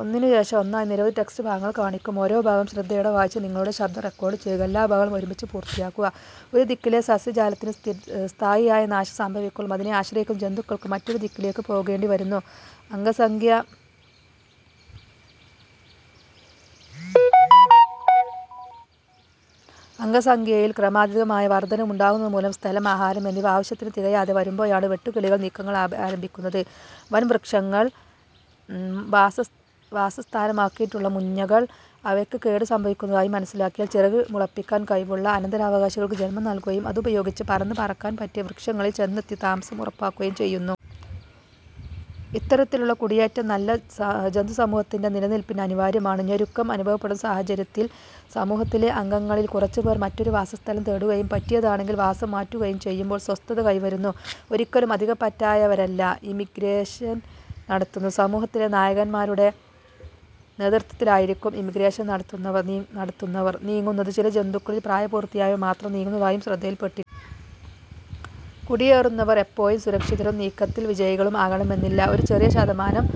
ഒരു ദിക്കിലെ സസ്യജാലത്തിന് സ്ഥായിയായ നാശം സംഭവിക്കുമ്പോൾ അതിനെ ആശ്രയിക്കുന്ന ജന്തുക്കൾക്ക് മറ്റൊരു ദിക്കിലേക്ക് പോകേണ്ടിവരുന്നു. അംഗസംഖ്യയിൽ ക്രമാതീതമായ വർധനവ് ഉണ്ടാകുന്നതുമൂലം സ്ഥലം, ആഹാരം എന്നിവ ആവശ്യത്തിനു തികയാതെ വരുമ്പോഴാണ് വെട്ടുകിളികൾ നീക്കങ്ങൾ ആരംഭിക്കുന്നത്. വൻ വൃക്ഷങ്ങൾ വാസസ്ഥാനമാക്കിയിട്ടുള്ള മുഞ്ഞകൾ അവയ്ക്ക് കേട് സംഭവിക്കുന്നതായി മനസ്സിലാക്കിയാൽ ചിറക് മുളപ്പിക്കാൻ കഴിവുള്ള അനന്തരാവകാശികൾക്ക് ജന്മം നല്കുകയും അതുപയോഗിച്ച് പറന്ന് പാർക്കാൻ പറ്റിയ വൃക്ഷങ്ങളിൽ ചെന്നെത്തി താമസം ഉറപ്പാക്കുകയും ചെയ്യുന്നു. ഇത്തരത്തിലുള്ള കുടിയേറ്റം ഒരു ജന്തുസമൂഹത്തിന്റെ നിലനില്പിന് അനിവാര്യമാണ്. ഞെരുക്കം അനുഭവപ്പെടുന്ന സാഹചര്യത്തിൽ സമൂഹത്തിലെ അംഗങ്ങളിൽ കുറച്ചുപേർ മറ്റൊരു വാസസ്ഥലം തേടുകയും, പറ്റിയതാണെങ്കിൽ വാസം മാറ്റുകയും ചെയ്യുമ്പോൾ സ്വസ്ഥത കൈവരുന്നു. ഒരിക്കലും അധികപ്പറ്റായവരല്ല ഇമിഗ്രേഷൻ നടത്തുന്നത്. സമൂഹത്തിലെ നായകന്മാരുടെ നേതൃത്വത്തിലായിരിക്കും ഇമിഗ്രേഷൻ നടത്തുന്നവർ നീങ്ങുന്നത്. ചില ജന്തുക്കളിൽ പ്രായപൂർത്തിയായവ മാത്രം നീങ്ങുന്നതായും ശ്രദ്ധയിൽപ്പെട്ടിട്ടുണ്ട്. കുടിയേറുന്നവർ എപ്പോഴും സുരക്ഷിതരും നീക്കത്തിൽ വിജയികളും ആകണമെന്നില്ല. ഒരു ചെറിയ ശതമാനം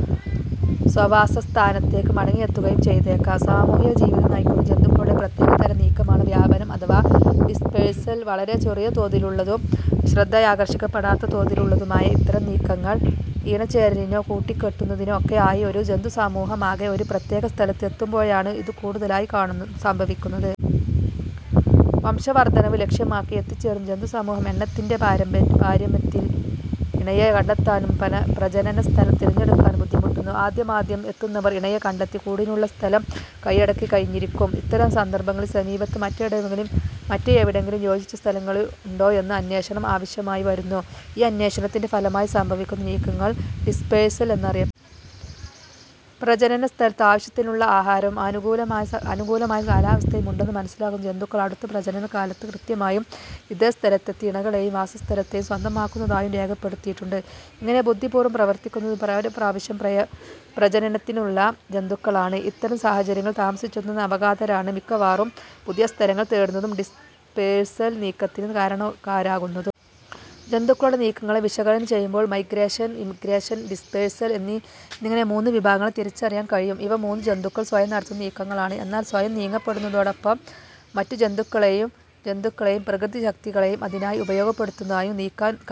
സ്വവാസസ്ഥാനത്തേക്ക് മടങ്ങിയെത്തുകയും ചെയ്തേക്കാം. സാമൂഹികജീവിതം നയിക്കുന്ന ജന്തുക്കളുടെ പ്രത്യേകതരം നീക്കമാണ് വ്യാപനം അഥവാ ഡിസ്പേഴ്സൽ. വളരെ ചെറിയ തോതിലുള്ളതും ശ്രദ്ധയാകർഷിക്കപ്പെടാത്ത തോതിൽ ഉള്ളതുമാണ് ഇത്തരം നീക്കങ്ങൾ. ഇണചേരലിനോ കൂടുകെട്ടുന്നതിനോ ഒക്കെ ആയി ഒരു ജന്തുസമൂഹമാകെ ഒരു പ്രത്യേക സ്ഥലത്ത് എത്തുമ്പോഴാണ് ഇത് കൂടുതലായി സംഭവിക്കുന്നത്. വംശവർധനവ് ലക്ഷ്യമാക്കി എത്തിച്ചേരുന്ന ജന്തുസമൂഹം എണ്ണത്തിന്റെ പാരമ്യത്തിൽ ഇണയെ കണ്ടെത്താനും പ്രജനനസ്ഥലം തിരഞ്ഞെടുക്കാനും ബുദ്ധിമുട്ടുന്നു. ആദ്യമാദ്യം എത്തുന്നവർ ഇണയെ കണ്ടെത്തി കൂടിനുള്ള സ്ഥലം കയ്യടക്കിക്കഴിഞ്ഞിരിക്കും. ഇത്തരം സന്ദർഭങ്ങളിൽ സമീപത്ത് മറ്റെവിടെയെങ്കിലും യോജിച്ച സ്ഥലങ്ങളുണ്ടോ എന്ന അന്വേഷണം ആവശ്യമായിവരുന്നു. ഈ അന്വേഷണത്തിന്റെ ഫലമായി സംഭവിക്കുന്ന നീക്കങ്ങൾ ഡിസ്പേഴ്സൽ എന്നറിയപ്പെടുന്നു. പ്രജനനസ്ഥലത്ത് ആവശ്യത്തിനുള്ള ആഹാരവും അനുകൂലമായ കാലാവസ്ഥയും ഉണ്ടെന്നു മനസ്സിലാക്കുന്ന ജന്തുക്കൾ അടുത്ത പ്രജനനകാലത്ത് കൃത്യമായും ഇതേ സ്ഥലത്തെത്തി ഇണകളെയും വാസസ്ഥലത്തെയും സ്വന്തമാക്കുന്നതായും രേഖപ്പെടുത്തിയിട്ടുണ്ട്. ഇങ്ങനെ ബുദ്ധിപൂർവം പ്രവർത്തിക്കുന്നത് പല പ്രാവശ്യം പ്രജനനത്തിനെത്തിയിട്ടുള്ള ജന്തുക്കളാണ്. ഇത്തരം സാഹചര്യങ്ങളിൽ താമസിച്ചെത്തുന്ന നവാഗതരാണ് മിക്കവാറും പുതിയ സ്ഥലങ്ങൾ തേടുന്നതും ഡിസ്പേഴ്സൽ നീക്കത്തിന് കാരണക്കാരാകുന്നതും. ജന്തുക്കളുടെ നീക്കങ്ങളെ വിശകലനം ചെയ്യുമ്പോൾ മൈഗ്രേഷൻ, ഇമിഗ്രേഷൻ, ഡിസ്പേഴ്സൽ എന്നിങ്ങനെ മൂന്ന് വിഭാഗങ്ങളെ തിരിച്ചറിയാൻ കഴിയും. ഇവ മൂന്നും ജന്തുക്കൾ സ്വയം നടത്തുന്ന നീക്കങ്ങളാണ്. എന്നാൽ സ്വയം നീങ്ങുന്നതോടൊപ്പം മറ്റു ജന്തുക്കളെയും പ്രകൃതിശക്തികളെയും അതിനായി ഉപയോഗപ്പെടുത്തുന്നതായും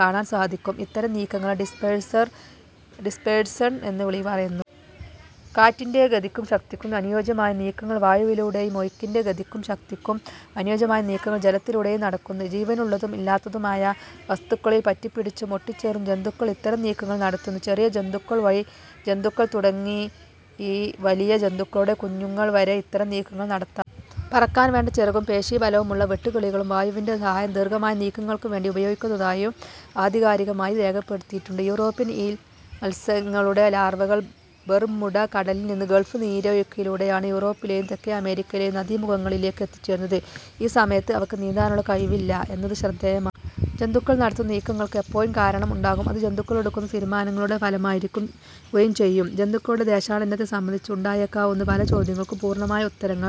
കാണാൻ സാധിക്കും. ഇത്തരം നീക്കങ്ങളെ ഡിസ്പേർസൺ എന്നു പറയുന്നു. കാറ്റിന്റെ ഗതിക്കും ശക്തിക്കും അനുയോജ്യമായ നീക്കങ്ങൾ വായുവിലൂടെയും, ഒഴുക്കിന്റെ ഗതിക്കും ശക്തിക്കും അനുയോജ്യമായ നീക്കങ്ങൾ ജലത്തിലൂടെയും നടക്കുന്നു. ജീവനുള്ളതും ഇല്ലാത്തതും ആയ വസ്തുക്കളിൽ പറ്റിപ്പിടിച്ചും ഒട്ടിച്ചേർന്നും ജന്തുക്കൾ ഇത്തരം നീക്കങ്ങൾ നടത്തുന്നു. ചെറിയ ജന്തുക്കൾ തുടങ്ങി വലിയ ജന്തുക്കളുടെ കുഞ്ഞുങ്ങൾ വരെ ഇത്തരം നീക്കങ്ങൾ നടത്താറുണ്ട്. പറക്കാൻവേണ്ട ചിറകും പേശീ ബലവും ഉള്ള വെട്ടുകിളികളും വായുവിന്റെ സഹായം ദീർഘമായ നീക്കങ്ങൾക്കുവേണ്ടി ഉപയോഗിക്കുന്നതായി ആധികാരികമായി രേഖപ്പെടുത്തിയിട്ടുണ്ട്. യൂറോപ്യൻ ഈൽ മത്സ്യങ്ങളുടെ ലാർവകൾ ബെർമുഡ കടലിൽനിന്ന് ഗൾഫ് നീരൊഴിക്കിലൂടെയാണ് യൂറോപ്പിലെയും തെക്കേ അമേരിക്കയിലെയും നദീമുഖങ്ങളിലേക്ക് എത്തിച്ചേരുന്നത്. ഈ സമയത്ത് അവയ്ക്ക് നീന്താനുള്ള കഴിവില്ല എന്നത് ശ്രദ്ധേയമാണ്. ജന്തുക്കൾ നടത്തുന്ന നീക്കങ്ങൾക്ക് എപ്പോഴും കാരണം ഉണ്ടാകും; അത് ജന്തുക്കളെടുക്കുന്ന തീരുമാനങ്ങളുടെ ഫലമായിരിക്കുകയും ചെയ്യും. ജന്തുക്കളുടെ ദേശാടനത്തെ സംബന്ധിച്ച് ഉണ്ടായേക്കാവുന്ന പല ചോദ്യങ്ങൾക്കും പൂർണമായ ഉത്തരങ്ങൾ